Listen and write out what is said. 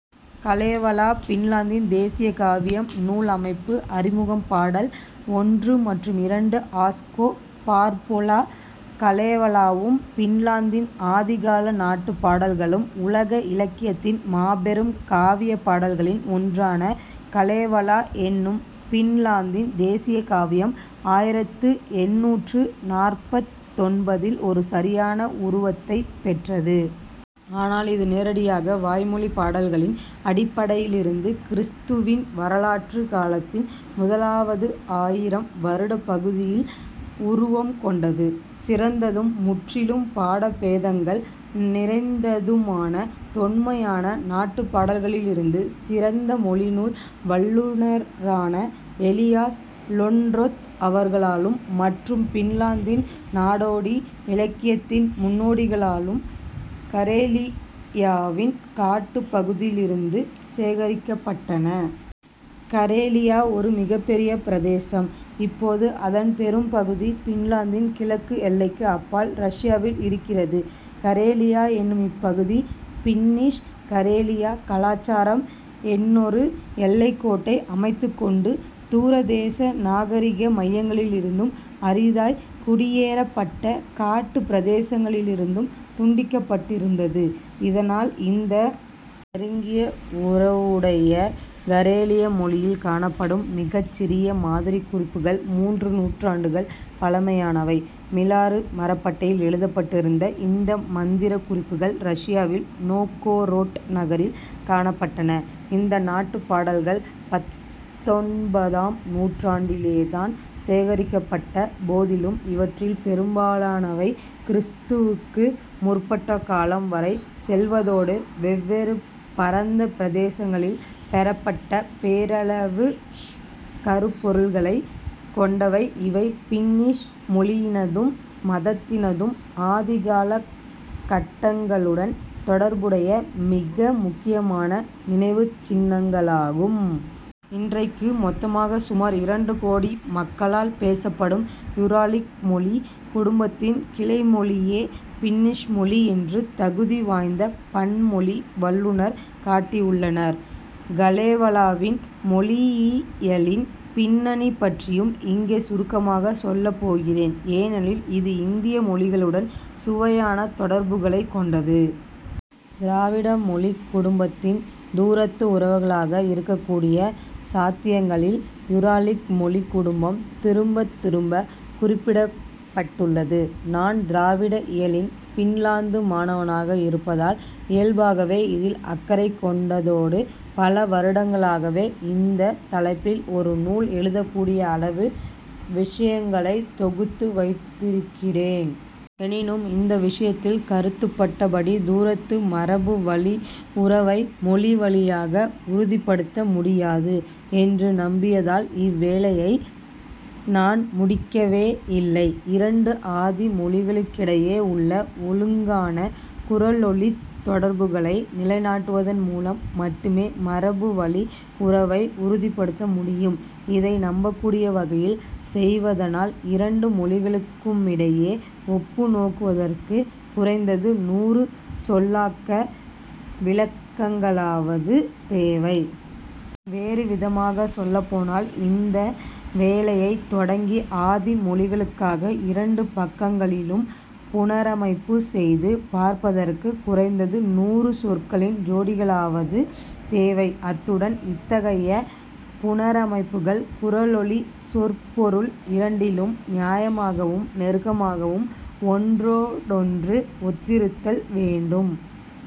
Kalevala பின்லாந்தின் தேசிய காவியம் நூல் அமைப்பு அறிமுகம் பாடல் ஒன்று மற்றும் இரண்டு ஆஸ்கோ பார்பொலா கலேவலாவும் பின்லாந்தின் ஆதிகால நாட்டுப் பாடல்களும் உலக இலக்கியத்தின் மாபெரும் காவியப் பாடல்களில் ஒன்றான கலேவலா என்னும் பின்லாந்தின் தேசிய காவியம் ஆயிரத்து எண்ணூற்று நாற்பத்தொன்பதில் ஒரு சரியான உருவத்தைப் பெற்றது. ஆனால் இது நேரடியாக வாய்மொழிப் பாடல்களின் அடிப்படையிலிருந்து கிறிஸ்துவின் வரலாற்றுக் காலத்தின் முதலாவது ஆயிரம் வருடப் பகுதியில் உருவம் கொண்டது. சிறந்ததும் முற்றிலும் பாட பேதங்கள் நிறைந்ததுமான தொன்மையான நாட்டுப் பாடல்களிலிருந்து சிறந்த மொழிநூல் வல்லுநரான எலியாஸ் லொண்ரொத் அவர்களாலும் மற்றும் பின்லாந்தின் நாடோடி இலக்கியத்தின் முன்னோடிகளாலும் கரேலியாவின் காட்டுப் பகுதியிலிருந்து சேகரிக்கப்பட்டன. கரேலியா ஒரு மிகப்பெரிய பிரதேசம். இப்போது அதன் பெரும்பகுதி பின்லாந்தின் கிழக்கு எல்லைக்கு அப்பால் ரஷ்யாவில் இருக்கிறது. கரேலியா என்னும் இப்பகுதி பின்னிஷ் கரேலியா கலாச்சாரம் என்றொரு எல்லைக்கோட்டை அமைத்துக் கொண்டு தூரதேச நாகரிக மையங்களிலிருந்தும் அரிதாய்க் குடியேறப்பட்ட காட்டுப் பிரதேசங்களிலிருந்தும் துண்டிக்கப்பட்டிருந்தது. இதனால் இந்த நெருங்கிய உறவுடைய கரேலிய மொழியில் காணப்படும் மிகச்சிறிய மாதிரிக் குறிப்புகள் மூன்று நூற்றாண்டுகள் பழமையானவை. மிலாறு மரப்பட்டையில் எழுதப்பட்டிருந்த இந்த மந்திரக் குறிப்புகள் ரஷ்யாவில் நோவ்கோரோட் நகரில் காணப்பட்டன. இந்த நாட்டுப் பாடல்கள் பத்தொன்பதாம் நூற்றாண்டிலேதான் சேகரிக்கப்பட்ட போதிலும் இவற்றில் பெரும்பாலானவை கிறிஸ்துவுக்கு முற்பட்ட காலம் வரை செல்வதோடு வெவ்வேறு பரந்த பிரதேசங்களில் பெறப்பட்ட பேரளவு கருப்பொருள்களைக் கொண்டவை இவை பின்னிஷ் மொழியினதும் மதத்தினதும் ஆதிகால கட்டங்களுடன் தொடர்புடைய மிக முக்கியமான நினைவுச் சின்னங்களாகும். இன்றைக்கு மொத்தமாகச் சுமார் இரண்டு கோடி மக்களால் பேசப்படும் யூராலிக் மொழிக் குடும்பத்தின் கிளைமொழியே பின்னிஷ் மொழி என்று தகுதி வாய்ந்த பன்மொழி வல்லுநர் காட்டியுள்ளனர். கலேவலாவின் மொழியியலின் பின்னணி பற்றியும் இங்கே சுருக்கமாகச் சொல்லப் போகிறேன் ஏனெனில் இது இந்திய மொழிகளுடன் சுவையான தொடர்புகளைக் கொண்டது. திராவிட மொழிக் குடும்பத்தின் தூரத்து உறவுகளாக இருக்கக்கூடிய சாத்தியங்களில் யூராலிக் மொழிக் குடும்பம் திரும்பத் திரும்பக் குறிப்பிடப்பட்டுள்ளது. நான் திராவிட இயலின் பின்லாந்து மாணவனாக இருப்பதால் இயல்பாகவே இதில் அக்கறை கொண்டதோடு பல வருடங்களாகவே இந்தத் தலைப்பில் ஒரு நூல் எழுதக்கூடிய அளவு விஷயங்களைத் தொகுத்து வைத்திருக்கிறேன். எனினும் இந்த விஷயத்தில் கருத்தப்பட்டபடி தூரத்து மரபுவழியுறவை மொழி வழியாக உறுதிப்படுத்த முடியாது என்று நம்பியதால் இவ்வேலையை நான் முடிக்கவேயில்லை. இரண்டு ஆதி மொழிகளுக்கிடையே உள்ள ஒழுங்கான குரலொலித் தொடர்புகளை நிலைநாட்டுவதன் மூலம் மட்டுமே மரபுவழியுறவை உறுதிப்படுத்த முடியும். இதை நம்பக்கூடிய வகையில் செய்வதனால் இரண்டு மொழிகளுக்குமிடையே ஒப்புநோக்குவதற்குக் குறைந்தது நூறு சொல்லாக்க விளக்கங்களாவது தேவை. வேறு விதமாகச் சொல்லப் போனால் இந்த வேலையைத் தொடங்கி ஆதி மொழிகளுக்காக இரண்டு பக்கங்களிலும் புனரமைப்புச் செய்து பார்ப்பதற்குக் குறைந்தது நூறு சொற்களின் ஜோடிகளாவது தேவை அத்துடன் இத்தகைய புனரமைப்புகள் குரலொலி சொற்பொருள் இரண்டிலும் நியாயமாகவும் நெருக்கமாகவும் ஒன்றோடொன்று ஒத்திருத்தல் வேண்டும்.